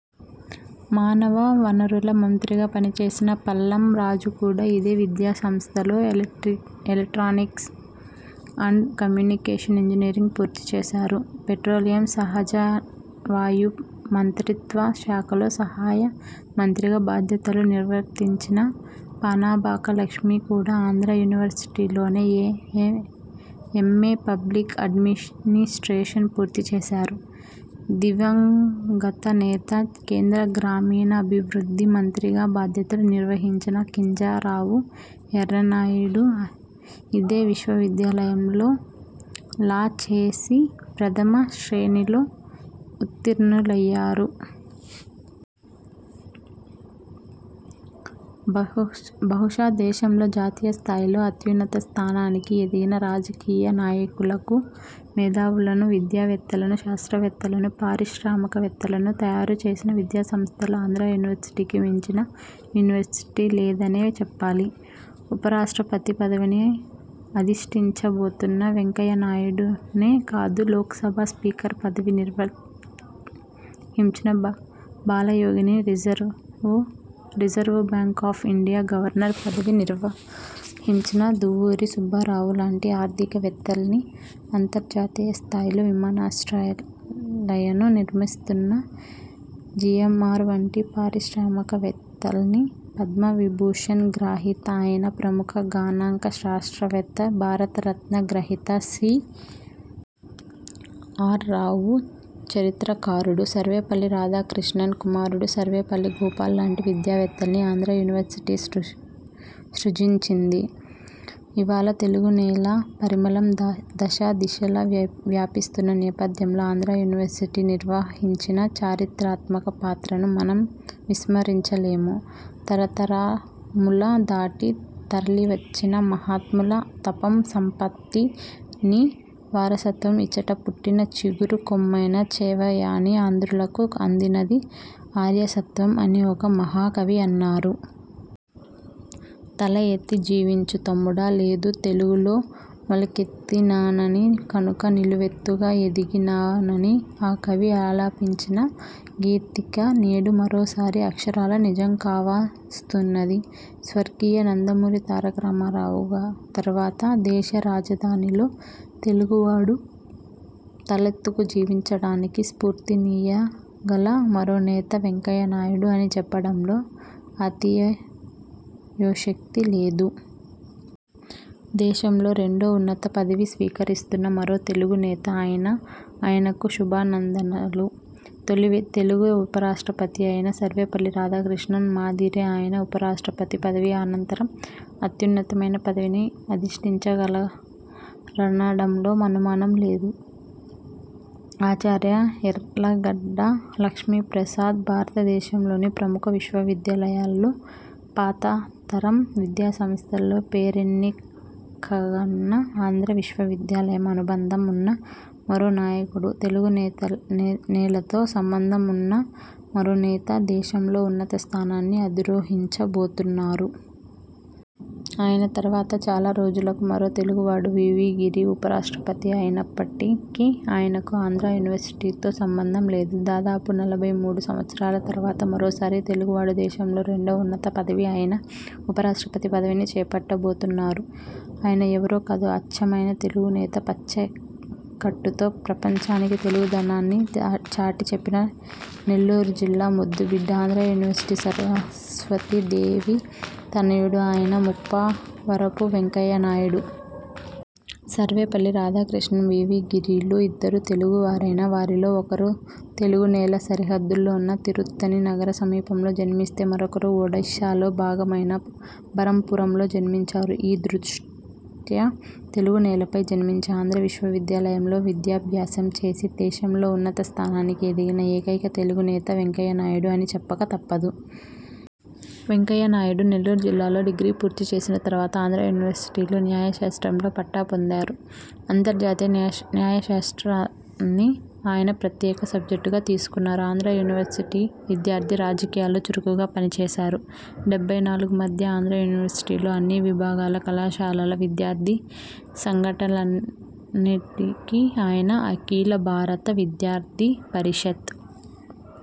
మానవ వనరుల మంత్రిగా పనిచేసిన పళ్లం రాజు కూడా ఇదే విద్యాసంస్థలో electric electronics and communication engineering పూర్తి చేశారు. పెట్రోలియం, సహజవాయు మంత్రిత్వ శాఖలో సహాయమంత్రిగా బాధ్యతలు నిర్వర్తించిన పనబాక లక్ష్మి కూడా ఆంధ్రా యూనివర్సిటీలోనేఏయే ఎంఏ పబ్లిక్ అడ్మినిస్ట్రేషన్ పూర్తి చేసారు. దివంగత నేత, కేంద్ర గ్రామీణాభివృద్ధి మంత్రిగా బాధ్యతలు నిర్వహించిన కింజరాపు ఎర్రన్నాయుడు ఇదే విశ్వవిద్యాలయంలో లా చేసి ప్రథమ శ్రేణిలో ఉత్తీర్ణులయ్యారు. బహుష్ బహుశా దేశంలో జాతీయ స్థాయిలో అత్యున్నత స్థానానికి ఎదిగిన రాజకీయ నాయకులకు, మేధావులను, విద్యావేత్తలను, శాస్త్రవేత్తలను, పారిశ్రామిక వేత్తలను తయారుచేసిన విద్యాసంస్థల్లో ఆంధ్రా యూనివర్సిటీకి మించిన యూనివర్సిటీ లేదనే చెప్పాలి. ఉపరాష్ట్రపతి పదవిని అధిష్టించబోతున్న వెంకయ్యనాయుడునే కాదు, లోక్సభ స్పీకర్ పదవిని నిర్వహించిన బాలయోగిని, reserve bank of India governor పదవి నిర్వహించిన దువ్వూరి సుబ్బారావు లాంటి ఆర్థిక వేత్తల్ని, అంతర్జాతీయ స్థాయిలో విమానాశ్రయాలను నిర్మిస్తున్న జీఎంఆర్ వంటి పారిశ్రామికవేత్తల్ని, పద్మవిభూషణ్ గ్రహీత అయిన ప్రముఖ గణాంక శాస్త్రవేత్త, భారతరత్న గ్రహీత సి. ఆర్. రావు, చరిత్రకారుడు, సర్వేపల్లి రాధాకృష్ణన్ కుమారుడు సర్వేపల్లి గోపాల్ లాంటి విద్యావేత్తల్ని ఆంధ్రా యూనివర్సిటీ సృష్ సృజించింది. ఇవాళ తెలుగునేల పరిమళం దశ దిశలా వ్యాప్ వ్యాపిస్తున్న నేపథ్యంలో ఆంధ్రా యూనివర్సిటీ నిర్వహించిన చారిత్రాత్మక పాత్రను మనం విస్మరించలేము. తరతరమ్ములు దాటి తరలివచ్చిన మహాత్ముల తపఃసంపత్తి నీ వారసత్వం ఇచట పుట్టిన చిగురు కొమ్మైన చేవయని ఆంధ్రులకు అందినది ఆర్యసత్వం అని ఒక మహా కవి అన్నారు. తల ఎత్తి జీవించు తమ్ముడా లేదు తెలుగు లో మొలకెత్తినాననీ కనుక నిలువెత్తుగా ఎదిగినాననీ ఆ కవి ఆలపించిన గీతిక నేడు మరోసారి అక్షరాలా నిజం కావస్తున్నది. స్వర్గీయ నందమూరి తారకరామారావు తర్వాత దేశ రాజధానిలో తెలుగు వాడు తలెత్తుకు జీవించడానికి స్ఫూర్తినీయగల మరో నేత వెంకయ్యనాయుడు అని చెప్పడంలో అతియోయోశ క్తి లేదు. దేశంలో రెండో ఉన్నత పదవి స్వీకరిస్తున్న మరో తెలుగు నేత అయిన ఆయనకు శుభానందనలు. తొలి తెలుగు ఉపరాష్ట్రపతి అయిన సర్వేపల్లి రాధాకృష్ణన్ మాదిరే ఆయన ఉప రాష్ట్రపతి పదవి అనంతరం అత్యున్నతమైన పదవిని అధిష్టించగలరనడంలో అనుమానం లేదు. ఆచార్య యార్లగడ్డ లక్ష్మీప్రసాద్ భారత దేశంలోని ప్రముఖ విశ్వవిద్యాలయాల్లో, పాతతరం విద్యాసంస్థల్లో పేరేన్నికగన్న ఆంధ్రా విశ్వవిద్యాలయం అనుబంధం ఉన్న మరో నాయకుడు, తెలుగు నేత నేలతో సంబంధం ఉన్న మరో నేత దేశంలో ఉన్నత స్థానాన్ని అధిరోహించబోతున్నారు. ఆయన తర్వాత చాలా రోజులకు మరో తెలుగువాడు వి. వి. గిరి ఉపరాష్ట్రపతి అయినప్పటికీ ఆయనకు ఆంధ్రా యూనివర్సిటీతో సంబంధం లేదు. దాదాపు నలభై మూడు సంవత్సరాల తర్వాత మరోసారి తెలుగువాడు దేశంలో రెండో ఉన్నత పదవి అయిన ఉపరాష్ట్రపతి పదవిని చేపట్టబోతున్నారు. ఆయన ఎవరో కాదు, అచ్చమైన తెలుగు నేత, పంచెకట్టుతో ప్రపంచానికి తెలుగుదనాన్ని చాటి చెప్పిన నెల్లూరు జిల్లా ముద్దుబిడ్డ, ఆంధ్రా యూనివర్సిటీ సరస్వతీ దేవి తనయుడు అయిన ముప్పవరపు వెంకయ్యనాయుడు. సర్వేపల్లి రాధాకృష్ణన్, వి. వి. గిరిలు ఇద్దరూ తెలుగు వారైనా, వారిలో ఒకరు తెలుగు నేల సరిహద్దుల్లో ఉన్న తిరుత్తణి నగర సమీపంలో జన్మిస్తే మరొకరు ఒడిశాలో భాగమైన బరంపురంలో జన్మించారు. ఈ దృష్ట్యా తెలుగు నేలపై జన్మించి, ఆంధ్రా విశ్వవిద్యాలయంలో విద్యాభ్యాసం చేసి దేశంలో ఉన్నత స్థానానికి ఎదిగిన ఏకైక తెలుగు నేత వెంకయ్యనాయుడు అని చెప్పక తప్పదు. వెంకయ్యనాయుడు నెల్లూరు జిల్లాలో డిగ్రీ పూర్తి చేసిన తర్వాత ఆంధ్రా యూనివర్సిటీలో న్యాయశాస్త్రంలో పట్టా పొందారు. అంతర్జాతీయ న్యాయశాస్త్రాన్ని ఆయన ప్రత్యేక సబ్జెక్టుగా తీసుకున్నారు. ఆంధ్రా యూనివర్సిటీ విద్యార్థి రాజకీయాల్లో చురుకుగా పనిచేసారు. డెబ్బై నాలుగు మధ్య ఆంధ్రా యూనివర్సిటీలో అన్ని విభాగాల కళాశాలల విద్యార్థి సంఘాట లన్నిటికీ ఆయన అఖిల భారత విద్యార్థి పరిషత్